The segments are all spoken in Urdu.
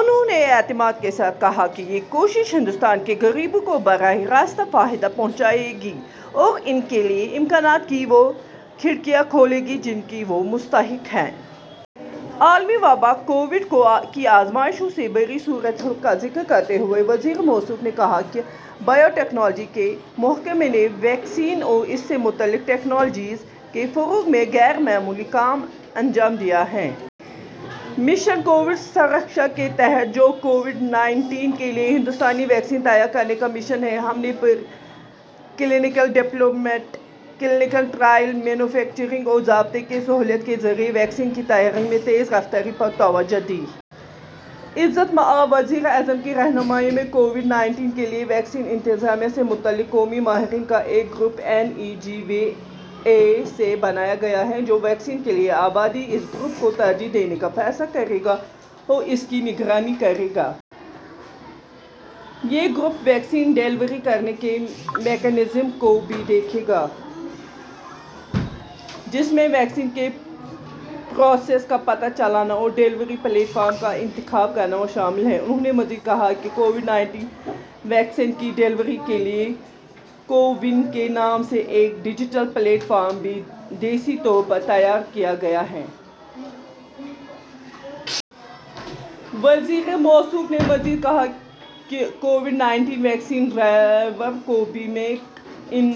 انہوں نے اعتماد کے ساتھ کہا کہ یہ کوششیں ہندوستان کے غریبوں کو براہ راست فائدہ پہنچائیں گی اور ان کے لیے امکانات کی وہ کھڑکیاں کھولیں گی جن کے وہ مستحق ہیں۔ عالمی وبا کووڈ کی آزمائشوں سے بھری صورتحال کا ذکر کرتے ہوئے وزیر موصوف نے کہا کہ بائیو ٹیکنالوجی کے محکمے نے ویکسین اور اس سے متعلق ٹیکنالوجیز کے فروغ میں غیر معمولی کام انجام دیا ہے۔ مشن کووڈ سرکھشا کے تحت، جو کووڈ نائنٹین کے لیے ہندوستانی ویکسین تیار کرنے کا مشن ہے، ہم نے pre clinical development, clinical trial, manufacturing اور ضابطے کی سہولت کے ذریعے ویکسین کی تیاری میں تیز رفتاری پر توجہ دی۔ عزت مآب وزیراعظم کی رہنمائی میں کووڈ نائنٹین کے لیے ویکسین انتظامیہ سے متعلق قومی ماہرین کا ایک group N E G V A C بنایا گیا ہے، جو ویکسین کے لیے آبادی کے اس گروپ کو ترجیح دینے کا فیصلہ کرے گا اور اس کی نگرانی کرے گا۔ یہ گروپ ویکسین ڈیلیوری کرنے کے میکانزم کو بھی دیکھے گا، جس میں ویکسین کے پروسیس کا پتہ چلانا اور ڈیلیوری پلیٹ فارم کا انتخاب کرنا شامل ہے۔ انہوں نے مزید کہا کہ کووڈ نائنٹین ویکسین کی ڈیلیوری کے لیے کو وِن کے نام سے ایک ڈیجیٹل پلیٹ فارم بھی دیسی طور پر تیار کیا گیا ہے۔ وزیر موصوف نے مزید کہا کہ کووڈ نائنٹین ویکسین ڈرائیو کو بھی میک اِن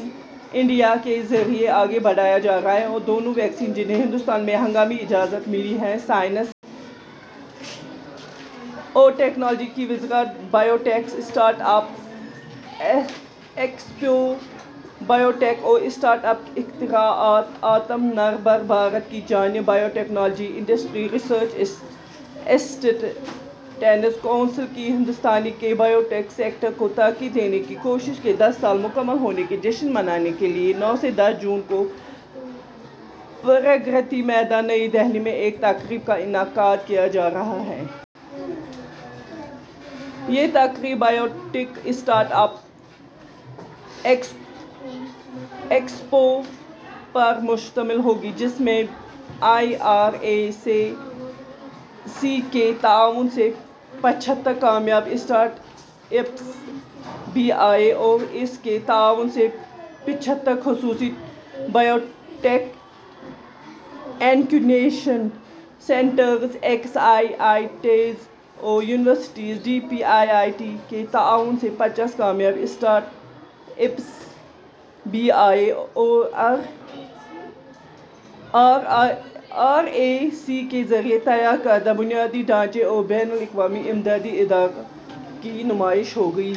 انڈیا کے ذریعے آگے بڑھایا جا رہا ہے اور دونوں ویکسین جنہیں ہندوستان میں ہنگامی اجازت ملی ہے۔ سائنس اور ٹیکنالوجی کی وزارت biotech start up expo biotech start up اختراعات: آتم نربھر بھارت کی جانب biotechnology industry research assistance council کی ہندوستان کے بائیوٹیک سیکٹر کو ترقی دینے کی کوششوں کے دس سال مکمل ہونے کا جشن منانے کے لیے، نو سے دس جون کو پرگتی میدان، نئی دہلی میں ایک تقریب کا انعقاد کیا جا رہا ہے۔ یہ تقریب بائیوٹیک اسٹارٹ اپ ایکسپو پر مشتمل ہوگی، جس میں be I R A C کے تعاون سے پچہتر کامیاب start ups, B I R A C کے تعاون سے پچہتر خصوصی بائیوٹیک انکیوبیشن سینٹرز، اکیس آئی آئی ٹیز اور universities, D P I I T کے تعاون سے پچاس کامیاب start ups, B I R A C کے ذریعے تیار کردہ بنیادی ڈھانچے اور بین الاقوامی امدادی اداروں کی نمائش ہوگی۔